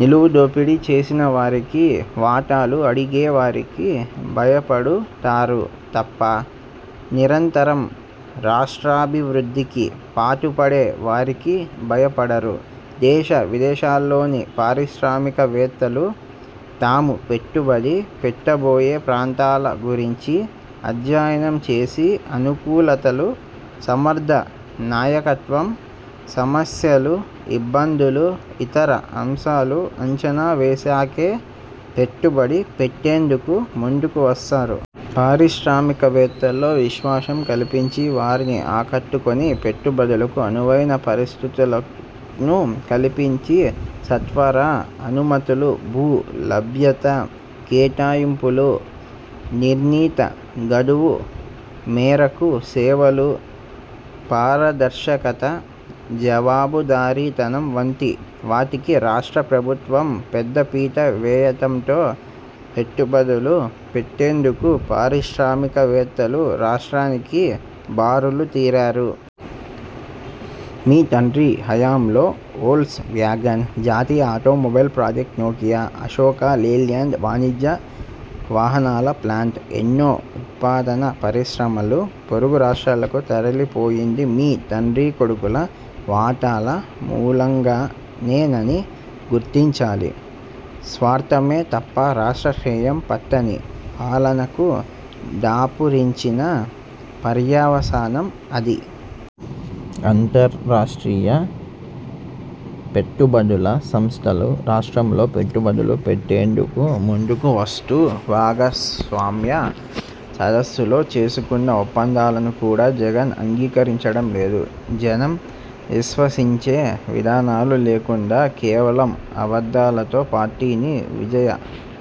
నిలువు దోపిడీ చేసిన వారికి, వాటాలు అడిగే వారికి భయపడుతారు తప్ప నిరంతరం రాష్ట్రాభివృద్ధికి పాటుపడే వారికి భయపడరు. దేశ, విదేశాల్లోని పారిశ్రామికవేత్తలు తాము పెట్టుబడి పెట్టబోయే ప్రాంతాల గురించి అధ్యయనం చేసి అనుకూలతలు, సమర్ధ నాయకత్వం, సమస్యలు, ఇబ్బందులు, ఇతర అంశాలు అంచనా వేశాకే పెట్టుబడి పెట్టేందుకు ముందుకు వస్తారు. పారిశ్రామికవేత్తల్లో విశ్వాసం కల్పించి వారిని ఆకట్టుకొని పెట్టుబడులకు అనువైన పరిస్థితులను కల్పించి సత్వర అనుమతులు, భూ లభ్యత, కేటాయింపులు నిర్ణీత గడువు మేరకు సేవలు, పారదర్శకత, జవాబుదారీతనం వంటి వాటికి రాష్ట్ర ప్రభుత్వం పెద్ద పీట వేయటంతో పెట్టుబడులు పెట్టేందుకు పారిశ్రామికవేత్తలు రాష్ట్రానికి బారులు తీరారు. మీ తండ్రి హయాంలో ఓక్స్ వ్యాగన్, జాతీయ automobile project, Nokia, Ashok Leyland వాణిజ్య వాహనాల ప్లాంట్, ఎన్నో ఉత్పాదక పరిశ్రమలు పొరుగు రాష్ట్రాలకు తరలిపోయింది మీ తండ్రి కొడుకుల వాటాల మూలంగానేనని గుర్తించాలి. స్వార్థమే తప్ప రాష్ట్ర శ్రేయం పట్టని పాలనకు దాపురించిన పర్యవసానం అది. అంతర్జాతీయ పెట్టుబడుల సంస్థలు రాష్ట్రంలో పెట్టుబడులు పెట్టేందుకు ముందుకు వస్తూ భాగస్వామ్య సదస్సులో చేసుకున్న ఒప్పందాలను కూడా జగన్ అంగీకరించడం లేదు. జనం విశ్వసించే విధానాలు లేకుండా కేవలం అబద్ధాలతో పార్టీని విజయ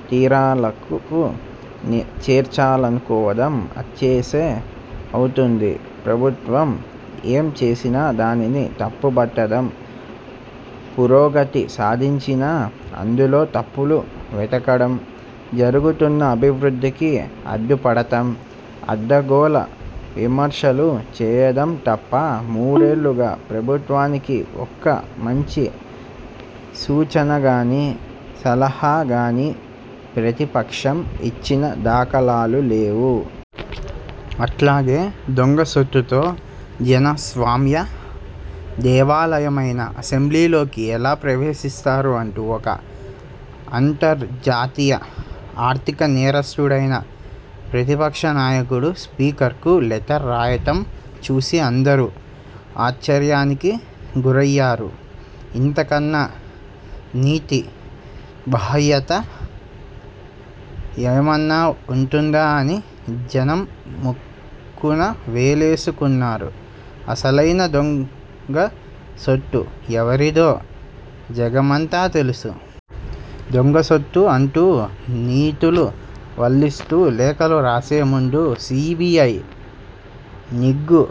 తీరాలకు చేర్చాలనుకోవడం అత్యాశే అవుతుంది. ప్రభుత్వం ఏం చేసినా దానిని తప్పుబట్టడం, పురోగతి సాధించినా అందులో తప్పులు వెతకడం, జరుగుతున్న అభివృద్ధికి అడ్డుపడటం, అడ్డగోలు విమర్శలు చేయడం తప్ప మూడేళ్లుగా ప్రభుత్వానికి ఒక్క మంచి సూచనగానీ, సలహా గానీ ప్రతిపక్షం ఇచ్చిన దాఖలాలు లేవు. అట్లాగే దొంగ సొత్తుతో జనస్వామ్య దేవాలయమైన అసెంబ్లీలోకి ఎలా ప్రవేశిస్తారు అంటూ ఒక అంతర్జాతీయ ఆర్థిక నేరస్థుడైన ప్రతిపక్ష నాయకుడు స్పీకర్కు లెటర్ రాయటం చూసి అందరూ ఆశ్చర్యానికి గురయ్యారు. ఇంతకన్నా నీతిబాహ్యత ఏమన్నా వుంటుందా అని జనం ముక్కున వేలేసుకున్నారు. అసలైన దొంగసొత్తు ఎవరిదో జగమంతా తెలుసు. దొంగసొత్తు అంటూ నీతులు వల్లిస్తూ లేఖలు రాసే ముందు సీబీఐ నిగ్గు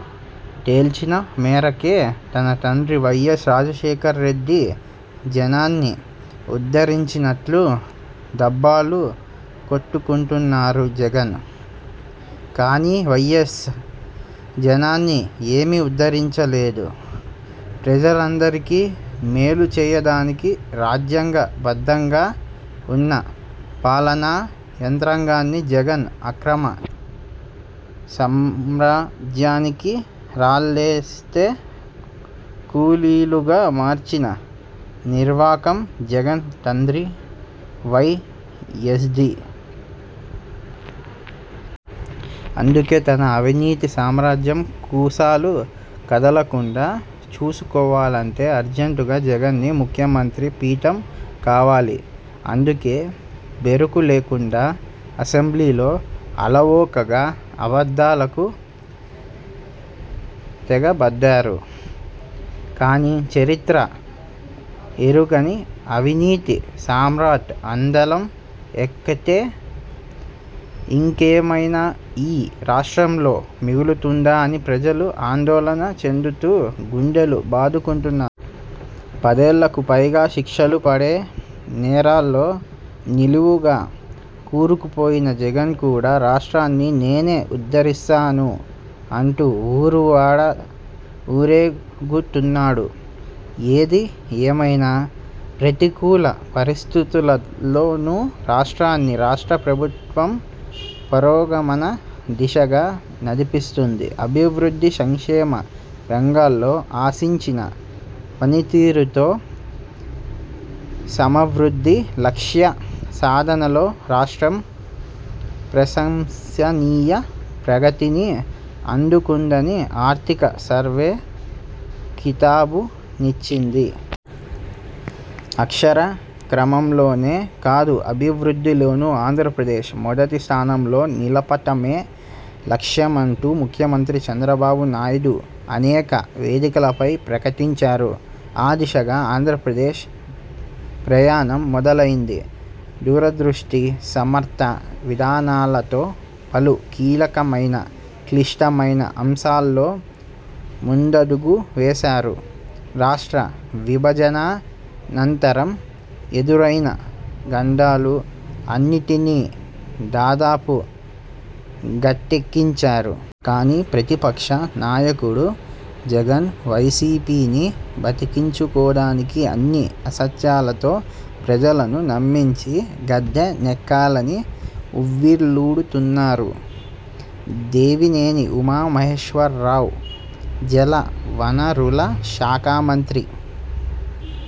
తేల్చిన మేరకే రూ. తన తండ్రి వైఎస్ రాజశేఖర్ రెడ్డి జనాన్ని ఉద్ధరించినట్లు డబ్బాలు కొట్టుకుంటున్నారు జగన్. కానీ వైఎస్ జనాన్ని ఏమి ఉద్ధరించలేదు. ప్రజలందరికి మేలు చేయడానికి రాజ్యాంగబద్ధంగా వున్న పాలనా యంత్రాంగాన్ని జగన్ అక్రమ సామ్రాజ్యానికి రాళ్లేత్తే కూలీలుగా మార్చిన నిర్వాకం జగన్ తండ్రి వైఎస్ది. అందుకే తన అవినీతి సామ్రాజ్యం కూసాలు కదలకుండా చూసుకోవాలంటే అర్జెంటుగా జగన్కి ముఖ్యమంత్రి పీఠం కావాలి. అందుకే బెరుకు లేకుండా అసెంబ్లీలో అలవోకగా అబద్ధాలకు తెగబడ్డారు. కానీ చరిత్ర ఎరుగని అవినీతి సామ్రాట్ అందలం ఎక్కితే ఇంకేమైనా ఈ రాష్ట్రంలో మిగులుతుందా అని ప్రజలు ఆందోళన చెందుతూ గుండెలు బాదుకుంటున్నారు. పదేళ్లకు పైగా శిక్షలు పడే నేరాల్లో నిలువునా కూరుకుపోయిన జగన్ కూడా రాష్ట్రాన్ని నేనే ఉద్ధరిస్తాను అంటూ ఊరూ, వాడా ఊరేగుతున్నాడు. ఏది ఏమైనా ప్రతికూల పరిస్థితుల్లోనూ రాష్ట్రాన్ని రాష్ట్ర ప్రభుత్వం పురోగమన దిశగా నడిపిస్తుంది. అభివృద్ధి సంక్షేమ రంగాల్లో ఆశించిన పనితీరుతో సమవృద్ధి లక్ష్య సాధనలో రాష్ట్రం ప్రశంసనీయ ప్రగతిని అందుకుందని ఆర్థిక సర్వే కితాబునిచ్చింది. అక్షర క్రమంలోనే కాదు అభివృద్ధిలోను ఆంధ్రప్రదేశ్ మొదటి స్థానంలో నిలపటమే లక్ష్యమంటూ ముఖ్యమంత్రి చంద్రబాబు నాయుడు అనేక వేదికలపై ప్రకటించారు. ఆ దిశగా ఆంధ్రప్రదేశ్ ప్రయాణం మొదలైంది. దూరదృష్టి, సమర్థ విధానాలతో పలు కీలకమైన, క్లిష్టమైన అంశాల్లో ముందడుగు వేశారు. రాష్ట్ర విభజనానంతరం ఎదురైన గండాలు అన్నిటినీ దాదాపు గట్టెక్కించారు. కానీ ప్రతిపక్ష నాయకుడు జగన్ వైసీపీని బతికించుకోడానికి అన్ని అసత్యాలతో ప్రజలను నమ్మించి గద్దెనెక్కాలని ఉవ్విళ్లూరుతున్నారు. దేవినేని ఉమా మహేశ్వరరావు జల వనరుల శాఖ మంత్రి।